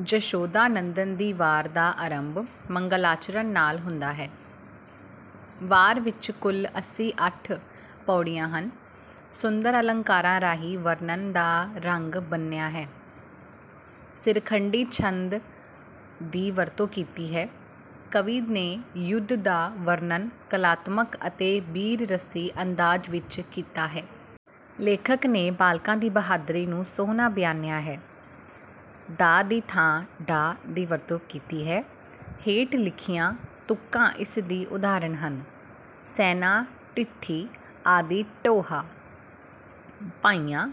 ਜਸ਼ੋਧਾ ਨੰਦਨ ਦੀ ਵਾਰ ਦਾ ਆਰੰਭ ਮੰਗਲਾਚਰਣ ਨਾਲ ਹੁੰਦਾ ਹੈ। ਵਾਰ ਵਿੱਚ ਕੁਲ ਅੱਸੀ-ਅੱਠ ਪਉੜੀਆਂ ਹਨ। ਸੁੰਦਰ ਅਲੰਕਾਰਾਂ ਰਾਹੀਂ ਵਰਣਨ ਦਾ ਰੰਗ ਬੰਨਿਆ ਹੈ। ਸਿਰਖੰਡੀ ਛੰਦ ਦੀ ਵਰਤੋਂ ਕੀਤੀ ਹੈ। ਕਵੀ ਨੇ ਯੁੱਧ ਦਾ ਵਰਣਨ ਕਲਾਤਮਕ ਅਤੇ ਬੀਰ ਰਸੀ ਅੰਦਾਜ਼ ਵਿੱਚ ਕੀਤਾ ਹੈ। ਲੇਖਕ ਨੇ ਬਾਲਕਾਂ ਦੀ ਬਹਾਦਰੀ ਨੂੰ ਸੋਹਣਾ ਬਿਆਨਿਆ ਹੈ। 'ਦਾ' ਦੀ ਥਾਂ 'ਡ' ਦੀ ਵਰਤੋਂ ਕੀਤੀ ਹੈ। ਹੇਠ ਲਿਖੀਆਂ ਤੁਕਾਂ ਇਸ ਦੀ ਉਦਾਹਰਨ ਹਨ: ਸੈਨਾਂ ਡਿਠੀ ਆਦੀ ਡੋਹਾਂ ਭਾਈਆਂ।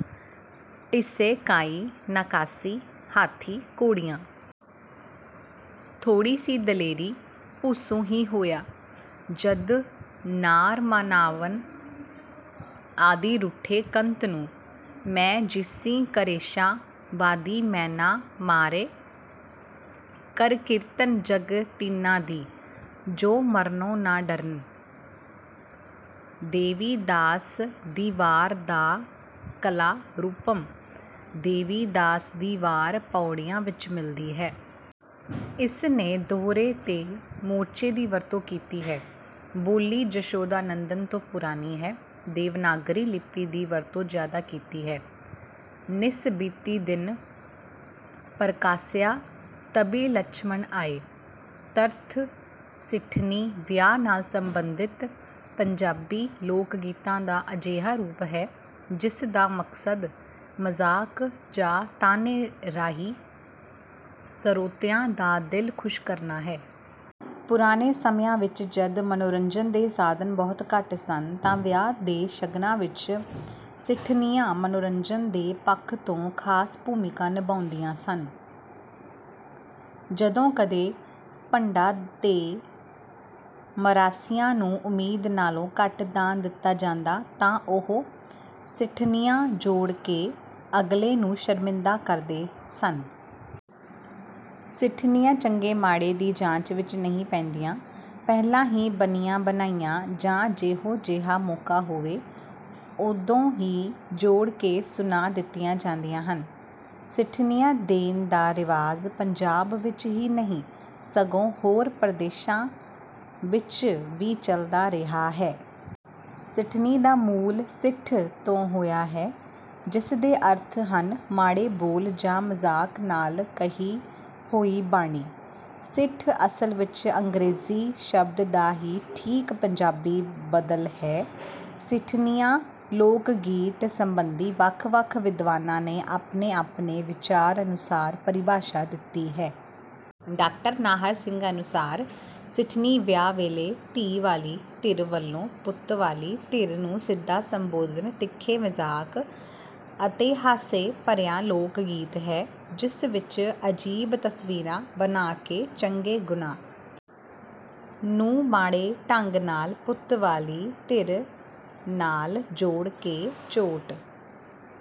ਡਿਸੇ ਕਾਇ ਨਾਂ ਕਾਸੀ, ਹਾਥੀ ਘੋੜਿਆਂ। ਥੋੜੀ ਸੀ ਦਲੇਰੀ, ਭੁਸੁ ਹੀ ਹੋਇਆ। ਜਦੁ ਨਾਰ ਮਨਾਵਣ ਆਦੀ ਰੁਠੇ ਕੰਤ ਨੂੰ। ਮੈਂ ਜਿਸੀਂ ਕਰੇਸ਼ਾਂ ਵਾਦੀ ਮੈਨਾ ਮਾਰਿ ਕਰਕੀਰਤ ਜਗ ਤਿਨ੍ਹਾਂ ਦੀ, ਜੋ ਮਰਨੋ ਨਾ ਡਰਨਿ। ਦੇਵੀ ਦਾਸ ਦੀ ਵਾਰ ਦਾ ਕਲਾ ਰੂਪ: ਦੇਵੀ ਦਾਸ ਦੀ ਵਾਰ ਪਉੜੀਆਂ ਵਿੱਚ ਮਿਲਦੀ ਹੈ। ਇਸ ਨੇ ਦੋਹਰੇ ਤੇ ਮੋਰਚੇ ਦੀ ਵਰਤੋਂ ਕੀਤੀ ਹੈ। ਬੋਲੀ ਜਸ਼ੋਧਾ ਨੰਦਨ ਤੋਂ ਪੁਰਾਣੀ ਹੈ। ਦੇਵਨਾਗਰੀ ਲਿੱਪੀ ਦੀ ਵਰਤੋਂ ਜ਼ਿਆਦਾ ਕੀਤੀ ਹੈ। ਨਿਸ ਬੀਤੀ ਦਿਨੁ ਪਰਕਾਸਿਆਂ, ਤਬਿ ਲਛਮਨ ਆਏ। ਤਰਥ। ਸਿੱਠਣੀ, ਵਿਆਹ ਨਾਲ ਸਬੰਧਿਤ ਪੰਜਾਬੀ ਲੋਕਗੀਤਾਂ ਦਾ ਅਜਿਹਾ ਰੂਪ ਹੈ, ਜਿਸ ਦਾ ਮਕਸਦ ਮਜ਼ਾਕ ਜਾਂ ਤਾਅਨੇ ਰਾਹੀਂ ਸਰੋਤਿਆਂ ਦਾ ਦਿਲ ਖੁਸ਼ ਕਰਨਾ ਹੈ। ਪੁਰਾਣੇ ਸਮਿਆਂ ਵਿਚ ਜਦ ਮਨੋਰੰਜਨ ਦੇ ਸਾਧਨ ਬਹੁਤ ਘੱਟ ਸਨ ਤਾਂ ਵਿਆਹ ਦੇ ਸ਼ਗਨਾਂ ਵਿਚ ਸਿੱਠਣੀਆਂ ਮਨੋਰੰਜਨ ਦੇ ਪੱਖ ਤੋਂ ਖਾਸ ਭੂਮਿਕਾ ਨਿਭਾਉਂਦੀਆਂ ਸਨ। ਜਦੋਂ ਕਦੇ ਭੰਡਾਂ ਤੇ ਮਰਾਸੀਆਂ ਨੂੰ ਉਮੀਦ ਨਾਲੋਂ ਘੱਟ ਦਾਨ ਦਿੱਤਾ ਜਾਂਦਾ ਤਾਂ ਉਹ ਸਿੱਠਣੀਆਂ ਜੋੜ ਕੇ ਅਗਲੇ ਨੂੰ ਸ਼ਰਮਿੰਦਾ ਕਰਦੇ ਸਨ। ਸਿੱਠਣੀਆਂ ਚੰਗੇ-ਮਾੜੇ ਦੀ ਜਾਂਚ ਵਿੱਚ ਨਹੀਂ ਪੈਂਦੀਆਂ। ਪਹਿਲਾਂ ਹੀ ਬਣੀਆਂ ਬਣਾਈਆਂ ਜਾਂ ਜਿਹੋ ਜਿਹਾ ਮੌਕਾ ਹੋਵੇ, ਉਦੋਂ ਹੀ ਜੋੜ ਕੇ ਸੁਣਾ ਦਿੱਤੀਆਂ ਜਾਂਦੀਆਂ ਹਨ। ਸਿੱਠਣੀਆਂ ਦੇਣ ਦਾ ਰਿਵਾਜ਼ ਪੰਜਾਬ ਵਿੱਚ ਹੀ ਨਹੀਂ ਸਗੋਂ ਹੋਰ ਪ੍ਰਦੇਸ਼ਾਂ ਵਿਚ ਵੀ ਚੱਲਦਾ ਰਿਹਾ ਹੈ। ਸਿੱਠਣੀ ਦਾ ਮੂਲ 'ਸਿੱਠ' ਤੋਂ ਹੋਇਆ ਹੈ, ਜਿਸ ਦੇ ਅਰਥ ਹਨ ਮਾੜੇ ਬੋਲ ਜਾਂ ਮਜ਼ਾਕ ਨਾਲ ਕਹੀ ਹੋਈ ਬਾਣੀ। ਸਿੱਠ, ਅਸਲ ਵਿਚ ਅੰਗਰੇਜ਼ੀ ਸ਼ਬਦ ਦਾ ਹੀ ਠੀਕ ਪੰਜਾਬੀ ਬਦਲ ਹੈ। ਸਿੱਠਣੀਆਂ ਲੋਕ ਗੀਤ ਸਬੰਧੀ ਵੱਖ-ਵੱਖ ਵਿਦਵਾਨਾਂ ਨੇ ਆਪਣੇ-ਆਪਣੇ ਵਿਚਾਰ ਅਨੁਸਾਰ ਪਰਿਭਾਸ਼ਾ ਦਿੱਤੀ ਹੈ। ਡਾਕਟਰ ਨਾਹਰ ਸਿੰਘ ਅਨੁਸਾਰ- "ਸਿੱਠਣੀ ਵਿਆਹ ਵੇਲੇ ਧੀ ਵਾਲੀ ਧਿਰ ਵਲੋਂ ਪੁੱਤ ਵਾਲੀ ਧਿਰ ਨੂੰ ਸਿੱਧਾ ਸੰਬੋਧਨ, ਤਿੱਖੇ ਮਜ਼ਾਕ ਅਤੇ ਹਾਸੇ ਭਰਿਆ ਲੋਕ ਗੀਤ ਹੈ ਜਿਸ ਵਿਚ ਅਜੀਬ ਤਸਵੀਰਾਂ ਬਣਾ ਕੇ ਚੰਗੇ ਗੁਣਾਂ ਨੂੰ ਮਾੜੇ ਢੰਗ ਨਾਲ ਪੁੱਤ ਵਾਲੀ ਧਿਰ ਨਾਲ ਜੋੜ ਕੇ ਚੋਟ